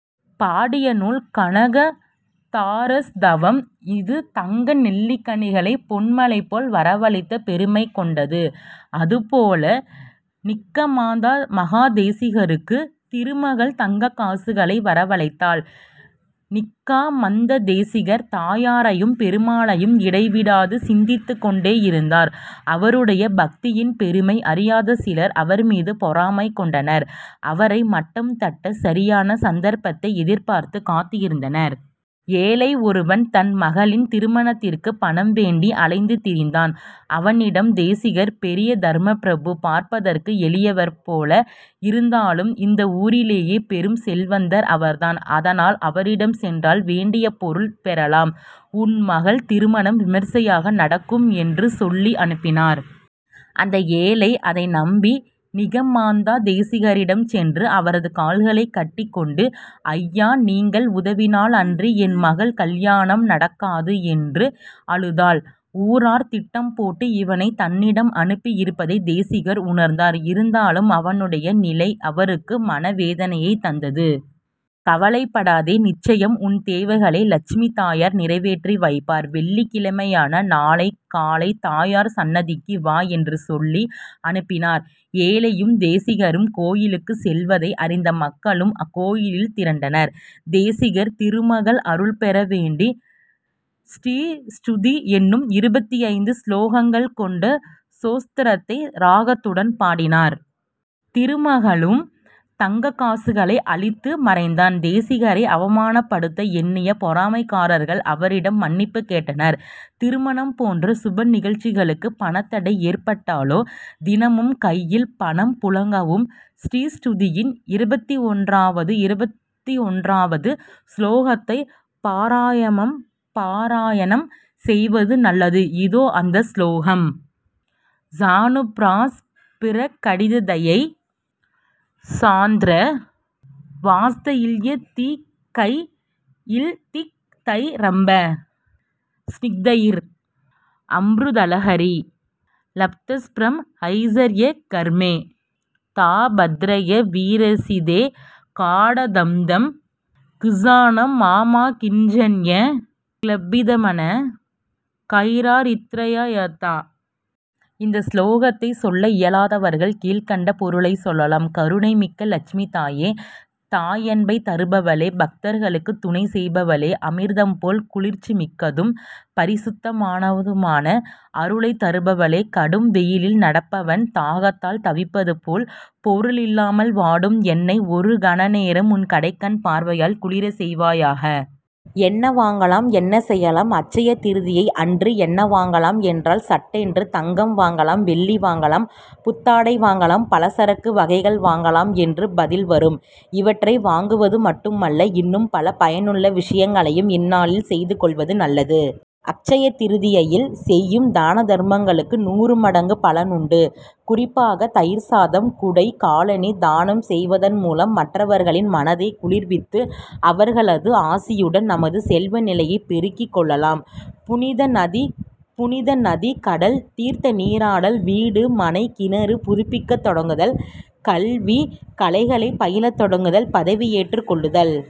பாடிய நூல் கனக தாராஸ்தவம் இத தங்க நெல்லிக்கனிகளை பொன்மழைபோல் வரவழைத்த பெருமை கொண்டது. அதுபோல நிக்கமாந்த மகாதேசிகருக்கு திருமகள் தங்கக்காசுகளை வரவழைத்தாள். நிக்காமந்த தேசிகர் தாயாரையும் பெருமாளையும் இடைவிடாது சிந்தித்துக் கொண்டே இருந்தார். அவருடைய பக்தியின் பெருமை அறியாத சிலர் அவர்மீது பொறாமை கொண்டனர். அவரை மட்டம் தட்ட சரியான சந்தர்ப்பத்தை எதிர்பார்த்து காத்திருந்தனர். ஏழை ஒருவன் தன் மகளின் திருமணத்திற்கு பணம் வேண்டி அலைந்து திரிந்தான். அவனிடம் தேசிகர் பெரிய தர்மப்பிரபு. பார்ப்பதற்கு எளியவர் போல இருந்தாலும் இந்த ஊரிலேயே பெரும் செல்வந்தர் அவர் தான். அதனால் அவரிடம் சென்றால் வேண்டிய பொருள் பெறலாம். உன் மகள் திருமணம் விமரிசையாக நடக்கும் என்று சொல்லி அனுப்பினார். அந்த ஏழை அதை நம்பி நிகமாந்த தேசிகரிடம் சென்று அவரது கால்களைக் கட்டிக் கொண்டு ஐயா! நீங்கள் உதவினால் அன்றி என் மகள் கல்யாணம் நடக்காது என்று அழுதான். ஊரார் திட்டம் போட்டு இவனை தன்னிடம் அனுப்பி இருப்பதை தேசிகர் உணர்ந்தார். இருந்தாலும் அவனுடைய நிலை அவருக்கு மனவேதனையைத் தந்தது. கவலைப்படாதே! நிச்சயம் உன் தேவைகளை லட்சுமி தாயார் நிறைவேற்றி வைப்பார். வெள்ளிக்கிழமையான நாளை காலை தாயார் சன்னதிக்கு வா என்று சொல்லி அனுப்பினார். ஏழையும் தேசிகரும் கோயிலுக்குச் செல்வதை அறிந்த மக்களும் கோயிலில் திரண்டனர். தேசிகர் திருமகள் அருள் பெற வேண்டி ஸ்ரீஸ்துதி என்னும் இருபத்தைந்து ஸ்லோகங்கள் கொண்ட ஸ்தோத்திரத்தை ராகத்துடன் பாடினார். திருமகளும் தங்கக்காசுகளை அளித்து மறைந்தாள். தேசிகரை அவமானப்படுத்த எண்ணிய பொறாமைக்காரர்கள் அவரிடம் மன்னிப்பு கேட்டனர். திருமணம் போன்ற சுபநிகழ்ச்சிகளுக்கு பணத்தடை ஏற்பட்டாலோ தினமும் கையில் பணம் புழங்கவும் ஸ்ரீஸ்துதியின் இருபத்தொன்றாவது ஸ்லோகத்தைப் பாராயணம் செய்வது நல்லது. இதோ அந்த ஸ்லோகம். ஸானுப்ராஸப்ரகடிததயை ஸாந்த்ர வாத்ஸல்யதிக்தைரம்ப ஸ்நிக்தைர் அம்ருதலஹரீ லப்தஸப்ரம்ஹசர்யைகர்மே தாபத்ரய வீரசிதே காடதப்தம் க்ஷணம் மாமாகிஞ்சன்ய க்லபிதமன கைரார்த்ரயேதா!! இந்த ஸ்லோகத்தை சொல்ல இயலாதவர்கள் கீழ்க்கண்ட பொருளைச் சொல்லலாம். கருணை மிக்க லட்சுமி தாயே! தாயன்பைத் தருபவளே! பக்தர்களுக்கு துணை செய்பவளே! அமிர்தம் போல் குளிர்ச்சிமிக்கதும் பரிசுத்தமானதுமான அருளைத் தருபவளே! கடும் வெயிலில் நடப்பவன் தாகத்தால் தவிப்பது போல் பொருளில்லாமல் வாடும் என்னை ஒரு கணநேரம் உன் கடைக்கண் பார்வையால் குளிரச் செய்வாயாக. என்ன வாங்கலாம்? என்ன செய்யலாம்? அட்சய திரிதியை அன்று என்ன வாங்கலாம் என்றால் சட்டென்று தங்கம் வாங்கலாம் வெள்ளி வாங்கலாம் புத்தாடை வாங்கலாம். பலசரக்கு வகைகள் வாங்கலாம் என்று பதில் வரும். இவற்றை வாங்குவது மட்டுமல்ல! இன்னும் பல பயனுள்ள விஷயங்களையும் இந்நாளில் செய்து கொள்வது நல்லது. அட்சயதிரிதியையில் செய்யும் தானதர்மங்களுக்கு நூறு மடங்கு பலன் உண்டு. குறிப்பாக தயிர்சாதம் குடை காலணி தானம் செய்வதன் மூலம் மற்றவர்களின் மனதைக் குளிர்வித்து அவர்களது ஆசியுடன் நமது செல்வநிலையைப் பெருக்கிக் கொள்ளலாம். புனித நதி கடல் தீர்த்தநீராடல் வீடு மனை கிணறு புதுப்பிக்கத் தொடங்குதல் கல்வி கலைகளைப் பயிலத் தொடங்குதல் பதவி ஏற்றுக் கொள்ளுதல்